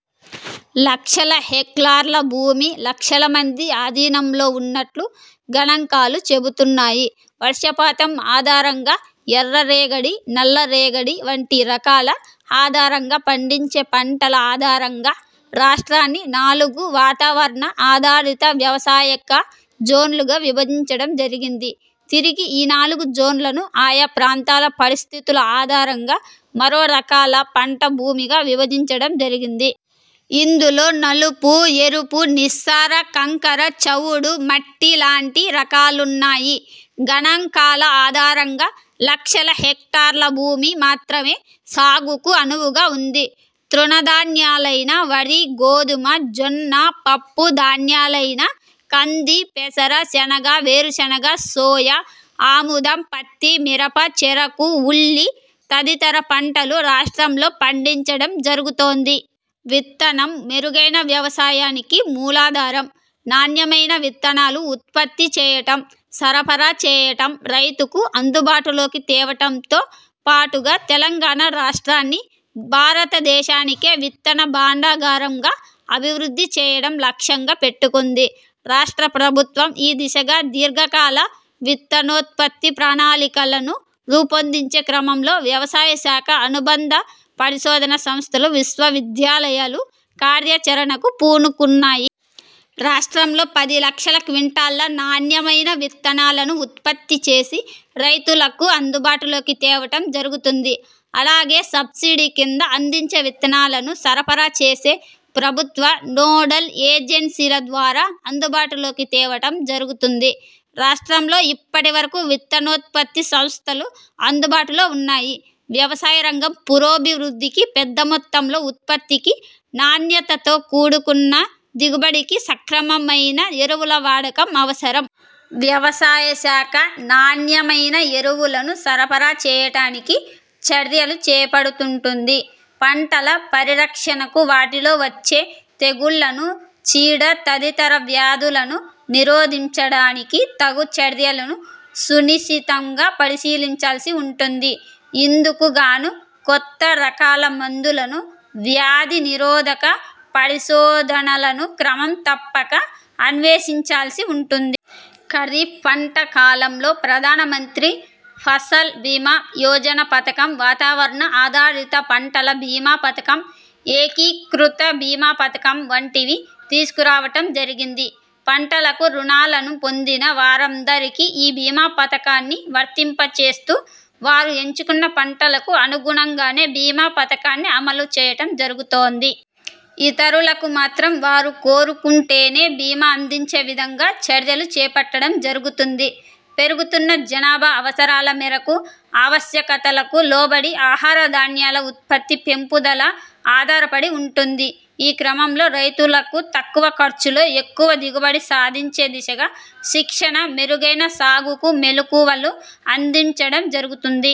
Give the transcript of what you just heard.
లక్షల హెక్లార్ల భూమి లక్షల మంది ఆధీనంలో ఉన్నట్లు గణాంకాలు చెబుతున్నాయి. వర్షపాతం ఆధారంగా, ఎర్రరేగడి, నల్లరేగడి వంటి రకాల ఆధారంగా, పండించే పంటల ఆధారంగా, రాష్ట్రాన్ని నాలుగు వాతావరణ ఆధారిత వ్యవసాయిక జోన్లుగా విభజించడం జరిగింది. తిరిగి, ఈ నాలుగు జోన్లను ఆయా ప్రాంతాల పరిస్థితుల ఆధారంగా మరో రకాల పంట భూమిగా విభజించటం జరిగింది. ఇందులో నలుపు, ఎరుపు, నిస్సార, కంకర చవుడు మట్టి లాంటి రకాలున్నాయి. గణాంకాల ఆధారంగా లక్షల హెక్టార్ల భూమి మాత్రమే సాగుకు అనువుగా వుంది. తృణధాన్యాలైన వరి, గోధుమ, జొన్న, పప్పు ధాన్యాలైన కంది, పెసర, శనగ, వేరుశనగ, సోయ, ఆముదం, పత్తి, మిరప, చెరకు, ఉల్లి తదితర పంటలు రాష్ట్రంలో పండించటం జరుగుతోంది. 'విత్తనం' మెరుగైన వ్యవసాయానికి మూలాధారం. నాణ్యమైన విత్తనాలు ఉత్పత్తి చేయటం, సరఫరా చేయటం, రైతుకు అందుబాటులోకి తేవటంతో పాటుగా తెలంగాణ రాష్ట్రాన్ని ''భారతదేశానికే విత్తన భాండాగారంగా'' అభివృద్ధి చేయడం లక్ష్యంగా పెట్టుకుంది రాష్ట్ర ప్రభుత్వం. ఈ దిశగా దీర్ఘకాల విత్తనోత్పత్తి ప్రణాళికలను రూపొందించే క్రమంలో వ్యవసాయ శాఖ, అనుబంధ పరిశోధనా సంస్థలు, విశ్వవిద్యాలయాలు కార్యాచరణకు పూనుకున్నాయి. రాష్ట్రంలో పది లక్షల క్వింటాళ్ళ నాణ్యమైన విత్తనాలను ఉత్పత్తి చేసి రైతులకు అందుబాటులోకి తేవటం జరుగుతుంది. అలాగే సబ్సీడీ కింద అందించే విత్తనాలను సరఫరా చేసే ప్రభుత్వ నోడల్ ఏజెన్సీల ద్వారా అందుబాటులోకి తేవటం జరుగుతుంది. రాష్ట్రంలో ఇప్పటివరకు విత్తనోత్పత్తి సంస్థలు అందుబాటులో ఉన్నాయి. వ్యవసాయరంగం పురోభివృద్ధికి, పెద్దమొత్తంలో ఉత్పత్తికి, నాణ్యతతో కూడుకున్న దిగుబడికి సక్రమమైన ఎరువుల వాడకం అవసరం. వ్యవసాయ శాఖ నాణ్యమైన ఎరువులను సరఫరా చేయటానికి చర్యలు చేపడుతుంటుంది. పంటల పరిరక్షణకు, వాటిలో వచ్చే తెగుళ్లను, చీడ తదితర వ్యాధులను నిరోధించడానికి తగు చర్యలను సునిశితంగా పరిశీలించాల్సి ఉంటుంది. ఇందుకుగాను కొత్త రకాల మందులను, వ్యాధి నిరోధక పరిశోధనలను క్రమం తప్పక అన్వేషించాల్సి ఉంటుంది. ఖరీఫ్ పంట కాలంలో ప్రధానమంత్రి ఫసల్ భీమా యోజన పథకం, వాతావరణ ఆధారిత పంటల భీమా పథకం, ఏకీకృత భీమా పథకం వంటివి తీసుకురావటం జరిగింది. పంటలకు రుణాలను పొందిన వారందరికీ ఈ భీమా పథకాన్ని వర్తింపచేస్తూ వారు ఎంచుకున్న పంటలకు అనుగుణంగానే భీమా పథకాన్ని అమలు చేయటం జరుగుతోంది. ఇతరులకు మాత్రం వారు కోరుకుంటేనే భీమా అందించే విధంగా చర్యలు చేపట్టడం జరుగుతుంది. పెరుగుతున్న జనాభా అవసరాల మేరకు, ఆవశ్యకతలకు లోబడి ఆహార ధాన్యాల ఉత్పత్తి, పెంపుదల ఆధారపడి ఉంటుంది. ఈ క్రమంలో రైతులకు తక్కువ ఖర్చులో ఎక్కువ దిగుబడి సాధించే దిశగా శిక్షణ, మెరుగైన సాగుకు మెళుకువలు అందించడం జరుగుతుంది.